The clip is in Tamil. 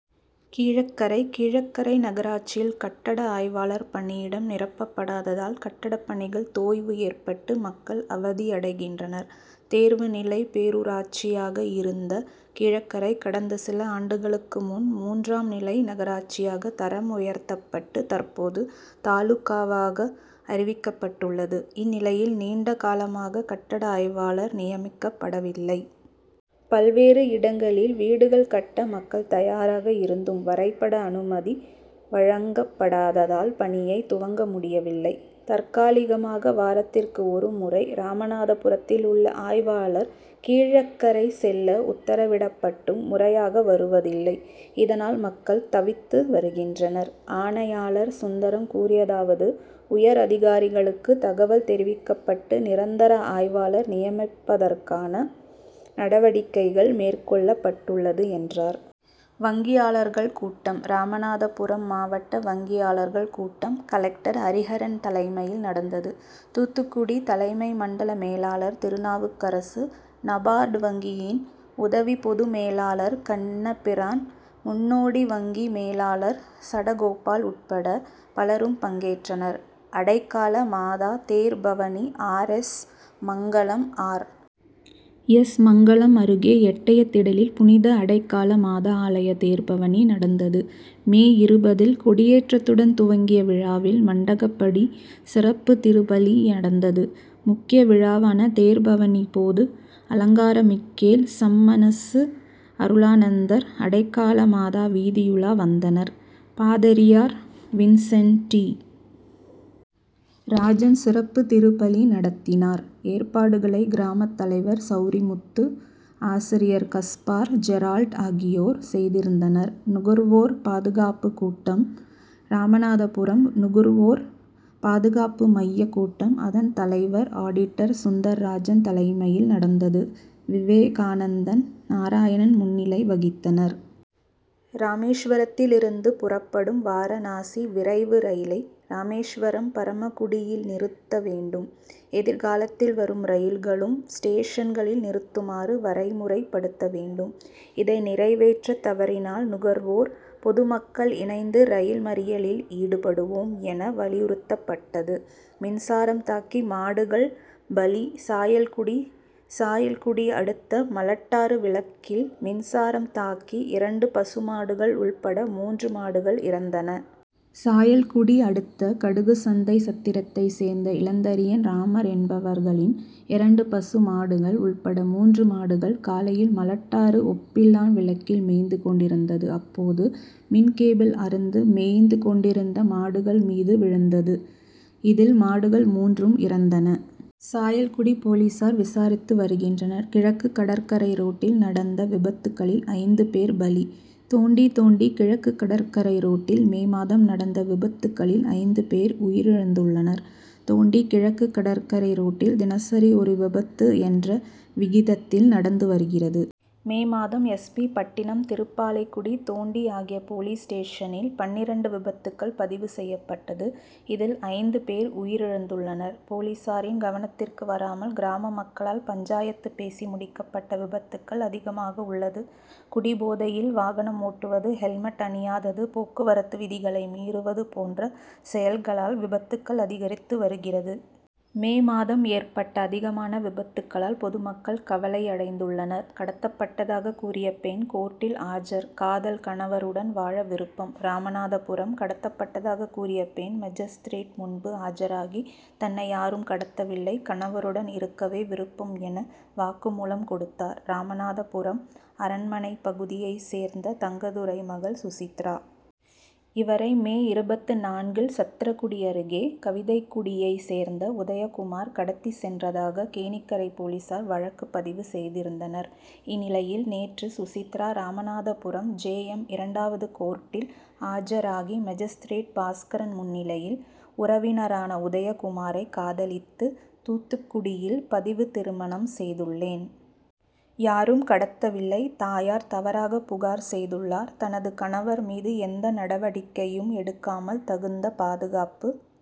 கீழக்கரை கீழக்கரை நகராட்சியில் கட்டட ஆய்வாளர் பணியிடம் நிரப்படாததால், கட்டட பணிகள் தொய்வு ஏற்பட்டு மக்கள் அவதியடைகின்றனர். தேர்வு நிலை பேரூராட்சியாக இருந்த கீழக்கரை கடந்த சில ஆண்டுகளுக்கு முன் மூன்றாம் நிலை நகராட்சியாக தரம் உயர்த்தப்பட்டு தற்போது தாலுகாவாக அறிவிக்கப்பட்டுள்ளது. இந் நிலையில் நீண்ட காலமாக கட்டட ஆய்வாளர் நியமிக்கப்படவில்லை. பல்வேறு இடங்களில் வீடுகள் கட்ட மக்கள் தயாராக இருந்தும் வரைபட அனுமதி வழங்கப் படாததால் பணியை துவங்க முடியவில்லை. தற்காலிகமாக வாரத்திற்கு ஒருமுறை ராமநாதபுரத்தில் உள்ள ஆய்வாளர் கீழக்கரை செல்ல உத்தரவிடப்பட்டும் முறையாக வருவதில்லை. இதனால் மக்கள் தவித்து வருகின்றனர். ஆணையாளர் சுந்தரம் கூறியதாவது உயர் அதிகாரிகளுக்கு தகவல் தெர்விக்கப்பட்டு நிரந்தர ஆய்வாளர் நியமிப்பதற்கான நடவடிக்கைகள் மேற்கொள்ளப் பட்டுள்ளது, என்றார். வங்கியாளர்கள் கூட்டம் ராமநாதபுரம் மாவட்ட வங்கியாளர்கள் கூட்டம் கலெக்டர் ஹரிஹரன் தலைமையில் நடந்தது. தூத்துக்குடி தலைமை மண்டல மேலாளர் திருநாவுக்கரசு, நபார்டு வங்கியின் உதவி பொதுமேலாளர் கண்ணபிரான், முன்னோடி வங்கி மேலாளர் சடகோபால் உட்பட பலரும் பங்கேற்றனர். அடைக்கல மாதா தேர்பவனி R. S. Mangalam R. S. Mangalam அருகே எட்டயதிடலில் புனித அடைக்கல மாதா ஆலய தேர்பவனி நடந்தது. மே இருபது ல் கொடியேற்றதுடன் துவங்கிய விழாவில் மண்டகபடி, சிறப்பு திருப்பலி நடந்தது. முக்கிய விழாவான தேர்பவனிபோது அலங்கார மிக்கேல், சம்மனசு அருளானந்தர், அடைக்கலமாதா வீதியுலா வந்தனர். பாதிரியார் வின்சென்ட் டி. ராஜன் சிறப்பு திருப் பலி நடத்தினார். ஏற் பாடுகளை கிராம தலைவர் சவரிமுத்து, ஆசிரியர் கஸ்பார், ஜெரால்ட் ஆகியோர் செய்திருந்தனர். நுகர்வோர் பாதுகாப்பு கூட்டம் ராமநாதபுரம் நுகர்வோர் பாதுகாப்பு மைய கூட்டம் அதன் தலைவர் ஆடிட்டர் சுந்தராஜன் தலைமையில் நடந்தது. விவேகானந்தன், நாராயணன் முன்னிலை வகித்தனர். ராமேஸ்வரத்திலிருந்து புறப்படும் வாரணாசி விரைவு ரயிலை ராமேஸ்வரம், பரமக்குடியில் நிறுத்த வேண்டும். எதிர்காலத்தில் வரும் ரயில்களும் ஸ்டேஷன்களில் நிறுத்துமாறு வரைமுறைப்படுத்த வேண்டும். இதை நிறைவேற்ற தவறினால் நுகர்வோர், பொதுமக்கள் இணைந்து ரயில் மறியலில் ஈடுபடுவோம், என வலியுறுத்தப்பட்டது. மின்சாரம் தாக்கி மாடுகள் பலி சாயல்குடி சாயல்குடி அடுத்த மலட்டாறு விலக்கில் மின் சாரம் தாக்கி இரண்டு பசு மாடுகள் உள்பட மூன்று மாடுகள் இறந்தன. சாயல்குடி அடுத்த கடுகுசந்தை சத்திரத்தை சேர்ந்த இளந்தரியன், ராமர் என்பவர்களின் இரண்டு பசு மாடுகள் உள்பட மூன்று மாடுகள் காலையில் மலட்டாறு ஒப்பிலான் விலக்கில் மேய்ந்து கொண்டிருந்தது. அப்போது, மின் கேபிள் அறுந்து, மேய்ந்து கொண்டிருந்த மாடுகள் மீது விழுந்தது. இதில் மாடுகள் மூன்றும் இறந்தன. சாயல்குடி போலீசார் விசாரித்து வருகின்றனர். கிழக்கு கடற்கரை ரோட்டில் நடந்த விபத்துகளில் ஐந்து பேர் பலி தொண்டி தொண்டி கிழக்குகடற்கரை ரோட்டில் மே மாதம் நடந்த விபத்துகளில் ஐந்து பேர் உயிரிழந்துள்ளனர். தொண்டி கிழக்கு கடற்கரை ரோட்டில் தினசரி ஒரு விபத்து என்ற விகிதத்தில் நடந்து வருகிறது. மே மாதம் எஸ். பி. பட்டினம், திருப்பாலைக்குடி, தொண்டி ஆகிய போலீஸ்ஸ்டேஷனில் பன்னிரண்டு விபத்துகள் பதிவு செய்யபட்டது. இதில் ஐந்துபேர் உயிழந்துள்ளனர். போலீசாரின் கவனத்திற்கு வராமல் கிராம மக்களால் பஞ்சாயத்து பேசி முடிக்கபட்ட விபத்துகள் அதிகமாக உள்ளது. குடிபோதையில் வாகனம் ஓட்டுவது, ஹெல்மெட் அணியாதது, போக்குவரத்து விதிகளை மீறுவது போன்ற செயல்களால் விபத்துகள் அதிகரித்து வருகிறது. மே மாதம் ஏற்பட்ட அதிகமான விபத்துகளால் பொதுமக்கள் கவலையடைந்துள்ளனர். கடத்தப்பட்டதாக கூறிய பெண் கோர்ட்டில் ஆஜர்காதல் கணவருடன் வாழ விருப்பம் ராமநாதபுரம் கடத்தப்பட்டதாக கூறிய பெண் மாஜிஸ்திரேட் முன்பு ஆஜராகி, தன்னை யாரும் கடத்தவில்லை, கணவருடன் இருக்கவே விருப்பம் என, வாக்குமூலம் கொடுத்தார். ராமநாதபுரம் அரண் மனை பகுதியை சேர்ந்த தங்கதுரை மகள் சுசித்ரா. இவரை மே இருபத்து நான்கு ல் சத்திரக்குடி அருகே கவிதைகுடியை சேர்ந்த உதயகுமார் கடத்தி சென்றதாக கேணிக்கரை போலீசார் வழக்குபதிவு செய்திருந்தனர். இந்நிலையில் நேற்று சுசித்ரா ராமநாதபுரம் ஜே. எம். இரண்டாவது கோர்ட்டில் ஆஜராகி மாஜிஸ்திரேட் பாஸ்கரன் முன்னிலையில் உறவினரான உதயகுமாரை காதலித்து தூத்துக் குடியில் பதிவு திருமணம் செய்துள்ளேன். யாரும் கடத்தவில்லை. தாயார் தவறாக புகார் செய்துள்ளார். தனது கணவர் மீது எந்த நடவடிக்கையும் எடுக்காமல் தகுந்த பாதுகாப்பு